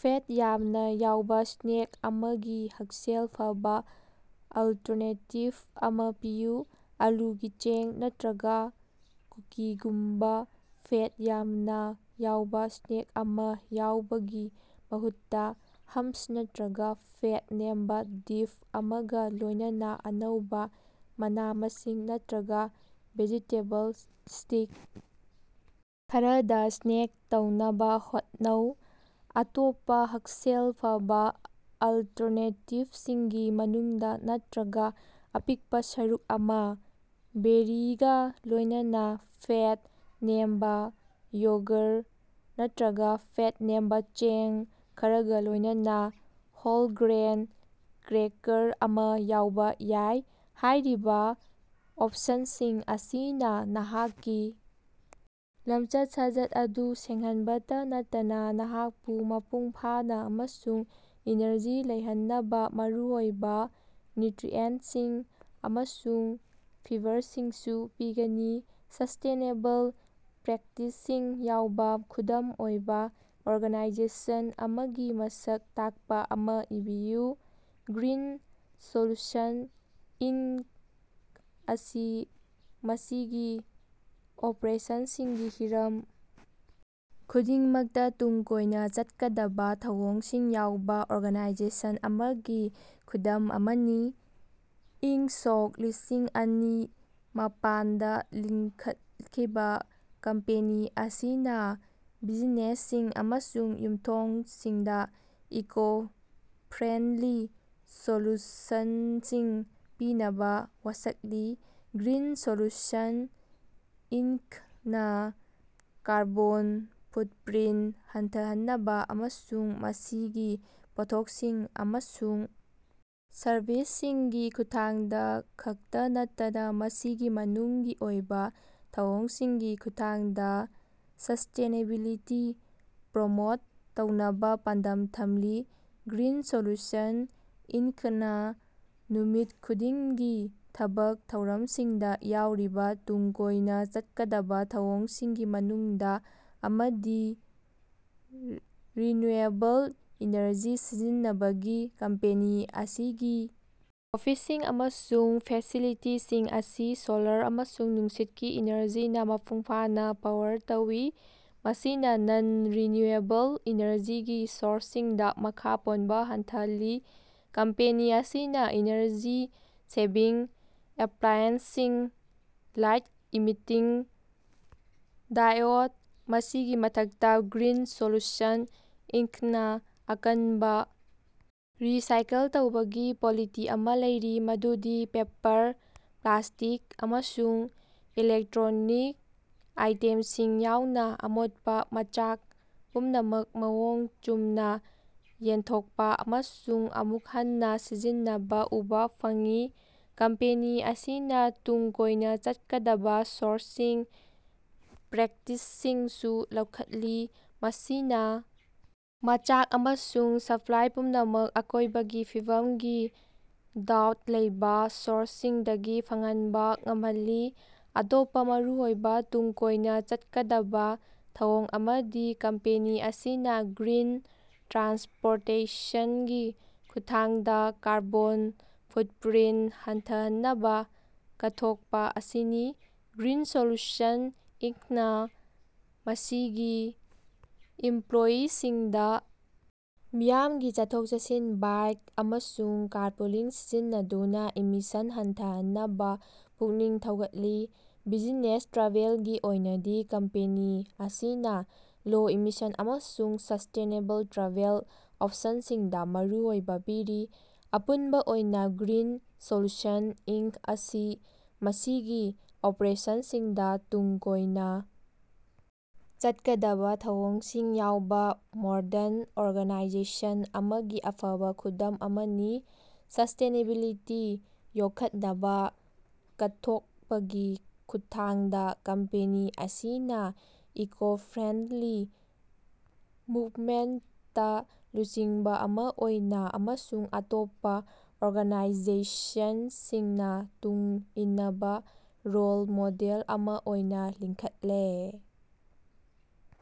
Fat ꯌꯥꯝꯅꯥ ꯌꯥꯎꯕꯥ snake ꯑꯃꯒꯤ ꯍꯛꯁꯦꯜ ꯐꯕꯥ ꯑꯜꯇꯔꯅꯦꯇꯤꯚ ꯑꯃꯥ ꯄꯤꯌꯨ꯫ ꯑꯥꯂꯨꯒꯤ ꯆꯦꯡ ꯅꯠꯇ꯭ꯔꯒꯥ ꯀꯨꯀꯤꯒꯨꯝꯕꯥ ꯐꯦꯠ ꯌꯥꯝꯅꯥ ꯌꯥꯎꯕꯥ ꯁ꯭ꯅꯦꯛ ꯑꯃꯥ ꯌꯧꯕꯒꯤ ꯃꯍꯨꯠꯇꯥ, ꯍꯝꯁ ꯅꯠꯇ꯭ꯔꯒꯥ ꯐꯦꯠ ꯅꯦꯝꯕꯥ ꯗꯤꯞ ꯑꯃꯒꯥ ꯂꯣꯏꯅꯅꯥ ꯑꯅꯧꯕꯥ ꯃꯅꯥ-ꯃꯁꯤꯡ ꯅꯠꯇ꯭ꯔꯒꯥ ꯚꯦꯖꯤꯇꯦꯕꯜ ꯁ꯭ꯇꯤꯛ ꯈꯔꯗꯥ ꯁ꯭ꯅꯦꯛ ꯇꯧꯅꯕꯥ ꯍꯣꯠꯅꯧ꯫ ꯑꯇꯣꯞꯄꯥ ꯍꯛꯁꯦꯜ ꯐꯕꯥ ꯑꯜꯇꯔꯅꯦꯇꯤꯚꯁꯤꯡꯒꯤ ꯃꯅꯨꯡꯗꯥ ꯅꯠꯇ꯭ꯔꯒꯤ ꯑꯄꯤꯛꯄꯥ ꯁꯔꯨꯛ ꯑꯃꯥ, ꯕꯦꯔꯤꯒꯥ ꯂꯣꯏꯅꯅꯥ ꯐꯦꯠ ꯅꯦꯝꯕꯥ ꯌꯣꯒꯔ ꯅꯠꯇ꯭ꯔꯒꯥ ꯐꯦꯠ ꯅꯦꯝꯕꯥ ꯆꯦꯡ ꯈꯔꯒꯥ ꯂꯣꯏꯅꯅꯥ ꯍꯣꯜ-ꯒ꯭ꯔꯦꯟ ꯀ꯭ꯔꯦꯀꯔ ꯑꯃꯥ ꯌꯥꯎꯕꯥ ꯌꯥꯏ꯫ ꯍꯥꯏꯔꯤꯕꯥ ꯑꯣꯞꯁꯟꯁꯤꯡ ꯑꯁꯤꯅꯥ ꯅꯍꯥꯛꯀꯤ ꯂꯝꯆꯠ-ꯁꯥꯖꯠ ꯑꯗꯨ ꯁꯦꯡꯍꯟꯕꯇꯥ ꯅꯠꯇꯅꯥ ꯅꯍꯥꯛꯄꯨ ꯃꯄꯨꯡ ꯐꯥꯅꯥ ꯑꯃꯁꯨꯡ ꯏꯅꯔꯖꯤ ꯂꯩꯍꯟꯅꯕꯥ ꯃꯔꯨꯑꯣꯏꯕꯥ ꯅ꯭ꯌꯨꯇ꯭ꯔꯤꯑꯦꯟꯇꯁꯤꯡ ꯑꯃꯁꯨꯡ ꯐꯤꯕꯔꯁꯤꯡꯁꯨ ꯄꯤꯒꯅꯤ꯫ ꯁꯁ꯭ꯇꯦꯅꯦꯕꯜ ꯄ꯭ꯔꯦꯛꯇꯤꯁꯁꯤꯡ ꯌꯥꯎꯕꯥ ꯈꯨꯗꯝ ꯑꯣꯏꯕꯥ ꯑꯣꯔꯒꯥꯅꯥꯏꯖꯦꯁꯟ ꯑꯃꯒꯤ ꯃꯁꯛ ꯇꯥꯛꯄꯥ ꯑꯃꯥ ꯏꯕꯤꯌꯨ꯫ ꯒ꯭ꯔꯤꯟ ꯁꯣꯂꯨꯁꯟ ꯏꯟꯀ ꯑꯁꯤ ꯃꯁꯤꯒꯤ ꯑꯣꯄꯔꯦꯁꯟꯁꯤꯡꯒꯤ ꯍꯤꯔꯝ ꯈꯨꯗꯤꯡꯃꯛꯇꯥ ꯇꯨꯡ ꯀꯣꯏꯅꯥ ꯆꯠꯀꯗꯕꯥ ꯊꯧꯑꯣꯡꯁꯤꯡ ꯌꯥꯎꯕꯥ ꯑꯣꯔꯒꯅꯥꯏꯖꯦꯁꯟ ꯑꯃꯒꯤ ꯈꯨꯗꯝ ꯑꯃꯅꯤ꯫ꯏꯪ ꯁꯣꯛ ꯂꯤꯁꯤꯡꯑꯅꯤ ꯃꯥꯄꯟꯗꯥ ꯂꯤꯡꯈꯠꯈꯤꯕꯥ ꯀꯝꯄꯦꯅꯤ ꯑꯁꯤꯅꯥ ꯕꯤꯖꯤꯅꯦꯁꯁꯤꯡ ꯑꯃꯁꯨꯡ ꯌꯨꯝꯊꯣꯡꯁꯤꯡꯗꯥ ꯏꯀꯣ-ꯐ꯭ꯔꯦꯟꯗꯂꯤ ꯁꯣꯂꯨꯁꯅꯁꯤꯡ ꯄꯤꯅꯕꯥ ꯋꯥꯁꯛꯂꯤ꯫ ꯒ꯭ꯔꯤꯟ ꯁꯣꯂꯨꯁꯟ ꯏꯟꯀꯅꯥ ꯀꯥꯔꯕꯣꯟ ꯐꯨꯠꯄ꯭ꯔꯤꯟꯇ ꯍꯟꯊꯍꯟꯅꯕꯥ ꯑꯃꯁꯨꯡ ꯃꯁꯤꯒꯤ ꯄꯣꯠꯊꯣꯛꯁꯤꯡ ꯑꯃꯁꯨꯡ ꯁꯔꯕꯤꯁꯁꯤꯡꯒꯤ ꯈꯨꯠꯊꯥꯡꯗꯥ ꯈꯛꯇꯥ ꯅꯠꯇꯅꯥ ꯃꯁꯤꯒꯤ ꯃꯅꯨꯡꯒꯤ ꯑꯣꯏꯕꯥ ꯊꯧꯑꯣꯡꯁꯤꯡꯒꯤ ꯈꯨꯠꯊꯥꯡꯗꯥ ꯁꯁ꯭ꯇꯦꯅꯦꯕꯤꯂꯤꯇꯤ ꯄ꯭ꯔꯃꯣꯠ ꯇꯧꯅꯕꯥ ꯄꯥꯟꯗꯝ ꯊꯝꯂꯤ꯫ ꯒ꯭ꯔꯤꯟ ꯁꯣꯂꯨꯁꯟ ꯏꯟꯀꯅꯥ ꯅꯨꯃꯤꯠ ꯈꯨꯗꯤꯡꯒꯤ ꯊꯕꯛ ꯊꯧꯔꯝꯁꯤꯡꯗꯥ ꯌꯥꯎꯔꯤꯕꯥ ꯇꯨꯡ ꯀꯣꯏꯅꯥ ꯆꯠꯀꯗꯕꯥ ꯊꯧꯑꯣꯡꯁꯤꯡꯒꯤ ꯃꯅꯨꯡꯗꯥ ꯑꯃꯗꯤ ꯔꯤꯅ꯭ꯌꯨꯑꯦꯕꯜ ꯏꯅꯔꯖꯤ ꯁꯤꯖꯤꯟꯅꯕꯅꯤ꯫ ꯀꯝꯄꯦꯅꯤ ꯑꯁꯤꯒꯤ ꯑꯣꯐꯤꯁꯁꯤꯡ ꯑꯃꯁꯨꯡ ꯐꯦꯁꯤꯂꯤꯇꯤꯁꯤꯡ ꯑꯁꯤ ꯁꯣꯂꯔ ꯑꯃꯁꯨꯡ ꯅꯨꯡꯁꯤꯠꯀꯤ ꯏꯅꯔꯖꯤꯅꯥ ꯃꯄꯨꯡ ꯐꯥꯅꯥ ꯄꯥꯋꯔ ꯇꯧꯏ, ꯃꯁꯤꯅꯥ ꯅꯟ-ꯔꯤꯅ꯭ꯌꯨꯑꯦꯕꯜ ꯏꯅꯔꯖꯤꯒꯤ ꯁꯣꯔꯁꯁꯤꯡꯗꯥ ꯃꯈꯥ ꯄꯣꯟꯕꯥ ꯍꯟꯊꯍꯜꯂꯤ꯫ ꯀꯝꯄꯦꯅꯤ ꯑꯁꯤꯅꯥ ꯏꯅꯔꯖꯤ ꯁꯦꯚꯤꯡ ꯑꯦꯄ꯭ꯂꯥꯏꯑꯦꯟꯁꯁꯤꯡ, ꯂꯥꯏꯠ ꯏꯃꯤꯠꯇꯤꯡ ꯗꯥꯏꯑꯣꯠ ꯃꯁꯤꯒꯤ ꯃꯊꯛꯇꯥ, ꯒ꯭ꯔꯤꯟ ꯁꯣꯂꯨꯁꯟ ꯏꯟꯀꯅꯥ ꯑꯀꯟꯕꯥ ꯔꯤꯁꯥꯏꯀꯜ ꯇꯧꯕꯒꯤ ꯄꯣꯂꯤꯁꯤ ꯑꯃꯥ ꯂꯩꯔꯤ ꯃꯗꯨꯗꯤ ꯄꯦꯄꯔ, ꯄ꯭ꯂꯥꯁꯇꯤꯛ ꯑꯃꯁꯨꯡ ꯏꯂꯦꯛꯇ꯭ꯔꯣꯅꯤꯛ ꯑꯥꯏꯇꯦꯝꯁꯤꯡ ꯌꯥꯎꯅꯥ ꯑꯃꯣꯠꯄꯥ ꯃꯆꯥꯛ ꯄꯨꯝꯅꯃꯛ ꯃꯑꯣꯡ ꯆꯨꯝꯅꯥ ꯌꯦꯟꯊꯣꯛꯄꯥ ꯑꯃꯁꯨꯡ ꯑꯃꯨꯛ ꯍꯟꯅꯥ ꯁꯤꯖꯤꯟꯅꯕꯥ ꯎꯕꯥ ꯐꯪꯏ꯫ ꯀꯝꯄꯦꯅꯤ ꯑꯁꯤꯅꯥ ꯇꯨꯡ ꯀꯣꯏꯅꯥ ꯆꯠꯀꯗꯕꯥ ꯁꯣꯔꯁꯁꯤꯡ ꯄ꯭ꯔꯦꯛꯇꯤꯁꯁꯤꯡꯁꯨ ꯂꯧꯈꯠꯂꯤ, ꯃꯁꯤꯅꯥ ꯃꯆꯥꯛ ꯑꯃꯁꯨꯡ ꯁꯄ꯭ꯂꯥꯏ ꯄꯨꯝꯅꯃꯛ ꯑꯀꯣꯏꯕꯒꯤ ꯐꯤꯕꯝꯒꯤ ꯗꯥꯎꯠ ꯂꯩꯕꯥ ꯁꯣꯔꯁꯁꯤꯡꯗꯒꯤ ꯐꯪꯍꯟꯕꯥ ꯉꯝꯍꯜꯂꯤ꯫ ꯑꯇꯣꯞꯄꯥ ꯃꯔꯨꯑꯣꯏꯕꯥ ꯇꯨꯡ ꯀꯣꯏꯅꯥ ꯆꯠꯀꯗꯕꯥ ꯊꯧꯑꯣꯡ ꯑꯃꯗꯤ ꯀꯝꯄꯦꯅꯤ ꯑꯁꯤꯅꯥ ꯒ꯭ꯔꯤꯟ ꯇ꯭ꯔꯥꯟꯁꯄꯣꯔꯇꯦꯁꯅꯒꯤ ꯈꯨꯠꯊꯥꯡꯗꯥ ꯀꯥꯔꯕꯣꯟ ꯐꯨꯠꯄ꯭ꯔꯤꯟꯇ ꯍꯟꯊꯍꯟꯅꯕꯥ ꯀꯠꯊꯣꯛꯄꯥ ꯑꯁꯤꯅꯤ꯫ ꯒ꯭ꯔꯤꯟ ꯁꯣꯂꯨꯁꯟ ꯏꯟꯀꯅꯥ ꯃꯁꯤꯒꯤ ꯏꯝꯄ꯭ꯂꯣꯌꯤꯁꯤꯡꯗꯥ ꯃꯤꯌꯥꯝꯒꯤ ꯆꯠꯊꯣꯛ-ꯆꯠꯁꯤꯟ, ꯕꯥꯏꯛ ꯑꯃꯁꯨꯡ ꯀꯥꯔꯄꯨꯂꯤꯡ ꯁꯤꯖꯤꯟꯅꯗꯨꯅꯥ ꯏꯃꯤꯁꯟ ꯍꯟꯊꯍꯟꯅꯕꯥ ꯄꯨꯛꯅꯤꯡ ꯊꯧꯒꯠꯂꯤ꯫ ꯕꯤꯖꯤꯅꯦꯁ ꯇ꯭ꯔꯥꯚꯦꯜꯒꯤ ꯑꯣꯏꯅꯗꯤ ꯀꯝꯄꯦꯅꯤ ꯑꯁꯤꯅꯥ ꯂꯣ-ꯏꯃꯤꯁꯟ ꯑꯃꯁꯨꯡ ꯁꯁ꯭ꯇꯦꯅꯦꯕꯜ ꯇ꯭ꯔꯥꯚꯦꯜ ꯑꯣꯞꯁꯟꯁꯤꯡꯗꯥ ꯃꯔꯨ ꯑꯣꯏꯕꯥ ꯄꯤꯔꯤ꯫ ꯑꯄꯨꯟꯕꯥ ꯑꯣꯏꯅꯥ, ꯒ꯭ꯔꯤꯟ ꯁꯣꯂꯨꯁꯟ ꯏꯟꯀ ꯑꯁꯤ ꯃꯁꯤꯒꯤ ꯑꯣꯄꯔꯦꯁꯟꯁꯤꯡꯗꯥ ꯇꯨꯡ ꯀꯣꯏꯅꯥ ꯆꯠꯀꯗꯕꯥ ꯊꯧꯑꯣꯡꯁꯤꯡ ꯌꯥꯎꯕꯥ ꯃꯣꯔꯗꯟ ꯑꯣꯔꯒꯅꯥꯏꯖꯦꯁꯟ ꯑꯃꯒꯤ ꯑꯐꯕꯥ ꯈꯨꯗꯝ ꯑꯃꯅꯤ꯫ ꯁꯁ꯭ꯇꯦꯅꯦꯕꯤꯂꯤꯇꯤ ꯌꯣꯛꯈꯠꯅꯕꯥ ꯀꯠꯊꯣꯛꯄꯒꯤ ꯈꯨꯠꯊꯥꯡꯗꯥ ꯀꯝꯄꯦꯅꯤ ꯑꯁꯤꯅꯥ ꯏꯀꯣ-ꯐ꯭ꯔꯦꯟꯗꯂꯤ ꯃꯨꯕꯃꯦꯟꯇꯇꯥ ꯂꯨꯆꯤꯡꯕꯥ ꯑꯃꯥ ꯑꯣꯏꯅꯥ ꯑꯃꯁꯨꯡ ꯑꯇꯣꯞꯄꯥ ꯑꯣꯔꯒꯅꯥꯏꯖꯦꯁꯅꯁꯤꯡꯅꯥ ꯇꯨꯡ ꯏꯟꯅꯕꯥ ꯔꯣꯜ ꯃꯣꯗꯦꯜ ꯑꯃꯥ ꯑꯣꯏꯅꯥ ꯂꯤꯡꯈꯠꯂꯦ꯫